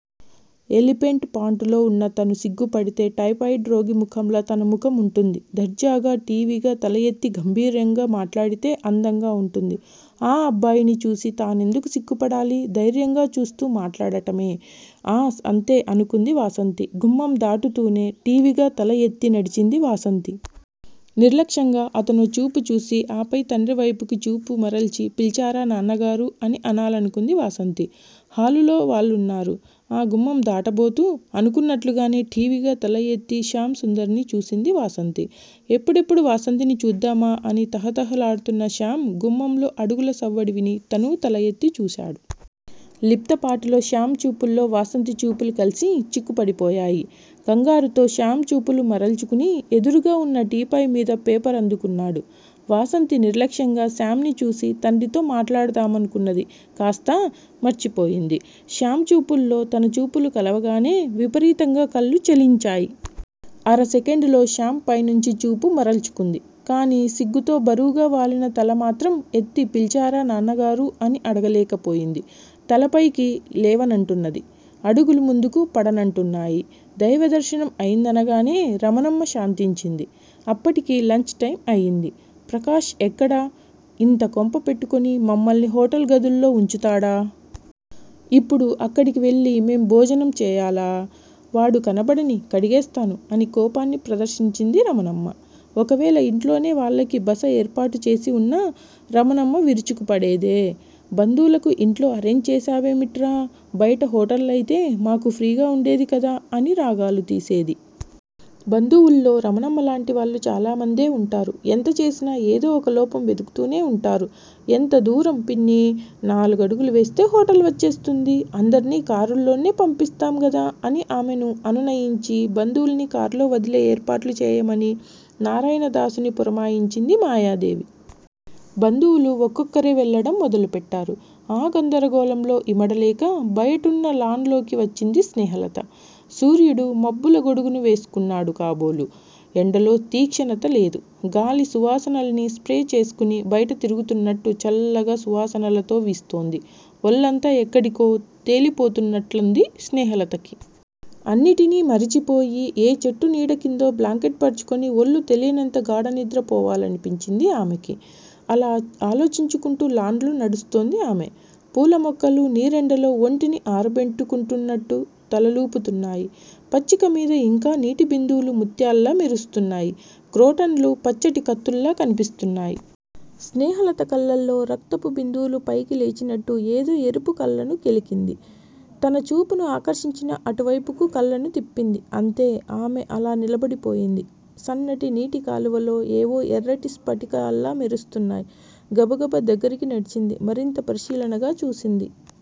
Elephant పాంటులో వున్న తను సిగ్గుపడితే టైఫాయిడ్ రోగి ముఖంలా తన ముఖం వుంటుంది. దర్జాగా ఠీవిగా తలఎత్తి గంభీర్యంగా మాట్లాడితే అందంగా వుంటుంది. ఆ అబ్బాయిని చూసి తానెందుకు సిగ్గుపడాలి! ధైర్యంగా చూస్తూ మాట్లాడటమే. ఆ అంతే అనుకుంది వాసంతి. గుమ్మందాటుతూనే ఠీవిగా తలఎత్తే నడిచింది వాసంతి. నిర్లక్ష్యంగా అతనో చూపు చూసి ఆపై తండ్రివైపుకి చూపు మరల్చి పిల్చారా నాన్నగారూ! అని అనాలనుకుంది వాసంతి. హాలులో వాళ్లున్నారు. ఆ గుమ్మం దాటబోతూ అనుకున్నట్లుగానే ఠీవిగా తలఎత్తి శ్యామ్ సుందర్ ని చూసింది వాసంతి. ఎప్పుడెప్పుడు వాసంతిని చూద్దామా అని తహతహలాడుతున్న శ్యామ్ గుమ్మంలో అడుగుల సవ్వడి విని తనూ తలఎత్తి చూశాడు. లిప్తపాటులో శ్యామ్ చూపుల్లో వాసంతి చూపులు కల్సి చిక్కుపడిపోయాయి. కంగారుతో శ్యామ్ చూపులు మరల్చుకుని ఎదురుగా వున్న టీపాయ్ మీద పేపరందుకున్నాడు. వాసంతి నిర్లక్ష్యంగా శ్యామ్ ని చూసి తండ్రితో మాట్లాడుదామనుకున్నది కాస్తా మర్చిపోయింది. శ్యామ్ చూపుల్లో తన చూపులు కలవగానే విపరీతంగా కళ్ళు చలించాయి. అరసెకండులో శ్యామ్ పైనుంచి చూపు మరల్చుకుంది. కాని సిగ్గుతో బరువుగా వాలిన తల మాత్రం ఎత్తి పిల్చారా నాన్నగారూ! అని అడగలేకపోయింది. తలపైకి లేవనంటున్నది. అడుగులు ముందుకు పడనంటున్నాయి. దైవదర్శనం అయిందనగానే రమణమ్మ శాంతించింది. అప్పటికి లంచ్ టైమ్ అయింది. ప్రకాష్ ఎక్కడ? ఇంత కొంప పెట్టుకుని మమ్మల్ని హోటల్ గదుల్లో వుంచుతాడా? ఇప్పుడు అక్కడికి వెళ్ళి మేం భోజనం చేయాలా? వాడు కనపడనీ కడిగేస్తాను అని కోపాన్ని ప్రదర్శించింది రమణమ్మ. ఒకవేళ ఇంట్లోనే వాళ్ళకి బస ఏర్పాటు చేసివున్నా రమణమ్మ విరుచుకు పడేదే. బంధువులకు ఇంట్లో అరేంజ్ చేశావేమిట్రా. బయట హోటళ్ళయితే మాకు ఫ్రీగా వుండేదికదా అని రాగాలు తీసేది. బంధువుల్లో రమణమ్మలాంటి వాళ్ళు చాలామందే వుంటారు ఎంత చేసినా ఏదో ఒక లోపం వెదుకుతూనే వుంటారు. ఎంత దూరం పిన్నీ- నాలుగడుగులు వేస్తే హోటల్ వచ్చేస్తుంది. అందర్నీ కారుల్లోనే పంపిస్తాం గదా అని ఆమెను అనునయించి బంధువుల్ని కార్లో వదిలే ఏర్పాట్లు చేయమని నారాయణదాసుని పురమాయించింది మాయాదేవి. బంధువులు ఒక్కొక్కరే వెళ్ళడం మొదలుపెట్టారు. ఆ గందరగోళంలో ఇమడలేక బయటున్న లాన్ లోకి వచ్చింది స్నేహలత. సూర్యుడు మబ్బుల గొడుగును వేసుకున్నాడు కాబోలు ఎండలో తీక్షణత లేదు. గాలి సువాసనల్ని స్ప్రే చేసుకుని బయట తిరుగుతున్నట్టు చల్లగా సువాసనలతో వీస్తోంది. ఒళ్ళంతా ఎక్కడికో తేలిపోతున్నట్లుంది స్నేహలతకు. అన్నిటినీ మరిచిపోయి ఏ చెట్టు నీడకిందో బ్లాంకెట్ పరుచుకుని ఒళ్ళు తెలియనంత గాఢనిద్ర పోవాలనిపించింది ఆమెకి. అలా ఆలోచించుకుంటూ లాన్ లో నడుస్తోంది ఆమె. పూలమొక్కలు నీరెండలో ఒంటిని ఆరబెట్టుకుంటున్నట్టు తలలూపుతున్నాయి. పచ్చికమీద ఇంకా నీటిబిందువులు ముత్యాల్లా మెరుస్తున్నాయి. క్రోటన్ లు పచ్చటి కత్తుల్లా కనిపిస్తున్నాయి. స్నేహలత కళ్ళల్లో రక్తపు బిందువులు పైకి లేచినట్టు ఏదో ఎరుపు కళ్ళను కెలికింది. తన చూపును ఆకర్షించిన అటువైపుకు కళ్ళను తిప్పింది. అంతే- ఆమె అలా నిలబడిపోయింది. సన్నటి నీటి కాలువలో ఏవో ఎర్రటి స్పటికాల్లా మెరుస్తున్నాయి. గబాగబా దగ్గరికి నడిచింది. మరింత పరిశీలనగా చూసింది.